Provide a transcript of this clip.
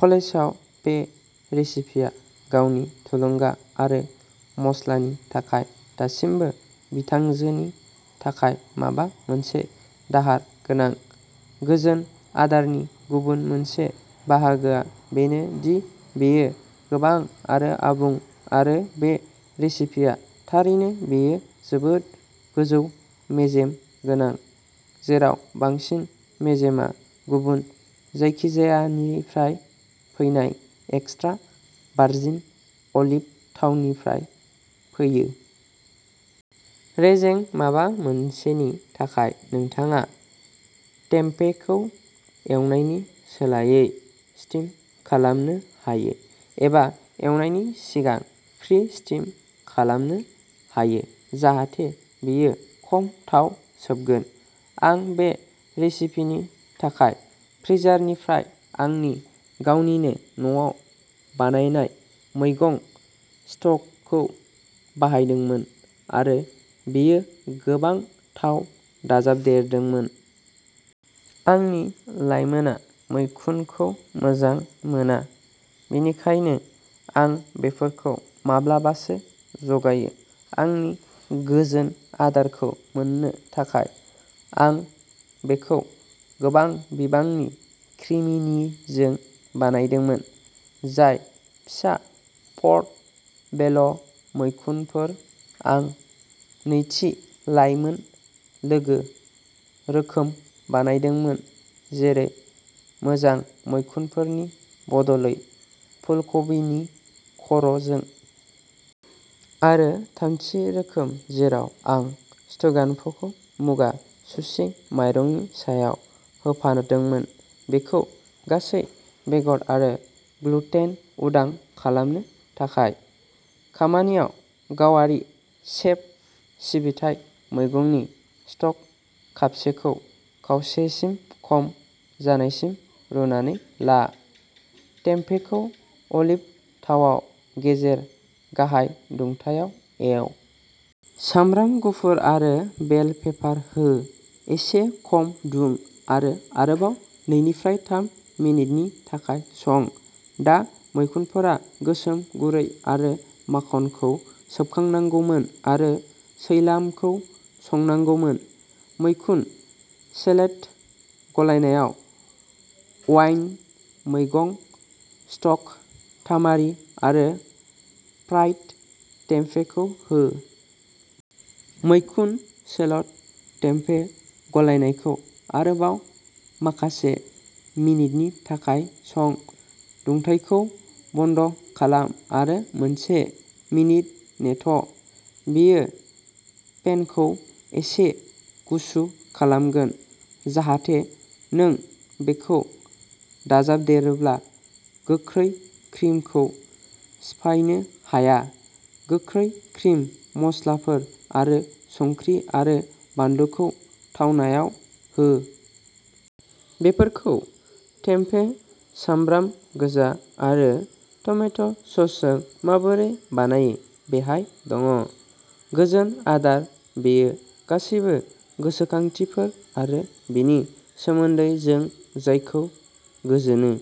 कलेजआव बे रेसिपिया गावनि थुलुंगा आरो मस्लानि थाखाय दासिमबो बिथांजोनि थाखाय माबा मोनसे दाहार गोनां। गोजोन आदारनि गुबुन मोनसे बाहागोआ बेनो दि बेयो गोबां आरो आबुं, आरो बे रेसिपिया थारैनो बेयो जोबोद गोजौ-मेजेम गोनां, जेराव बांसिन मेजेमआ गुबुन जायखिजायानिफ्राय फैनाय एक्स्ट्रा भार्जिन अलिभ थावनिफ्राय फैयो। रेजें माबा मोनसेनि थाखाय नोंथाङा टेम्पेखौ एवनायनि सोलायै स्टिम खालामनो हायो, एबा एवनायनि सिगां प्रि-स्टिम खालामनो हायो जाहाथे बेयो खम थाव सोबगोन। आं बे रेसिपिनि थाखाय फ्रिजारनिफ्राय आंनि गावनिनो न'आव बानायनाय मैगं स्टकखौ बाहायदोंमोन आरो बेयो गोबां थाव दाजाबदेरदोंमोन। आंनि लाइमोनआ मैखुनखौ मोजां मोना, बेनिखायनो आं बेफोरखौ माब्लाबासो जगायो। आंनि गोजोन आदारखौ मोननो थाखाय, आं बेखौ गोबां बिबांनि क्रिमिनिजों बानायदोंमोन, जाय फिसा पर्ट' बेल' मैखुनफोर। आं नैथि, लाइमोन-लोगो रोखोम बानायदोंमोन, जेरै मोजां, मैखुनफोरनि बदलै फुलकबिनि खर'जों। आरो थामथि रोखोम जेराव आं स्ट्र'गान'फखौ मुगा सुशि माइरंनि सायाव होफादोंमोन, बेखौ गासै-बेगर आरो ग्लुटेन-उदां खालामनो थाखाय। खामानियाव गावारि सेफ सिबिथाइ मैगंनि स्टक कापसेखौ खावसेसिम खम जानायसिम रुनानै ला। टेम्पेखौ अलिभ थावाव गेजेर-गाहाय दुंथायाव एव। सामब्राम गुफुर आरो बेल पेपार हो, एसे खम दुं, आरो आरोबाव नैनिफ्राय थाम मिनिटनि थाखाय सं। दा मैखुनफोरा गोसोम गुरै आरो माखनखौ सोबखांनांगौमोन आरो सैलामखौ संनांगौमोन। मैखुन सेलट गलायनायाव अवाइन, मैगं स्टक, तामारि आरो फ्राइड टेम्पेखौ हो। मैखुन सेलट टेम्पे गलायनायखौ आरोबाव माखासे मिनिटनि थाखाय सं। दुंथायखौ बन्द खालाम आरो मोनसे मिनिट नेथ', बेयो पेनखौ एसे गुसु खालामगोन जाहाथे नों बेखौ दाजाबदेरोब्ला गोखै क्रिमखौ सिफायनो हाया। गोखै क्रिम, मस्लाफोर, आरो संख्रि आरो बानलुखौ थावनायाव हो। बेफोरखौ टेम्पे, सामब्राम गोजा आरो टमेट' ससजों माबोरै बानायो बेहाय दङ। गोजोन आदार बेयो गासैबो गोसोखांथिफोर आरो बेनि सोमोन्दै जों जायखौ गोजोनो।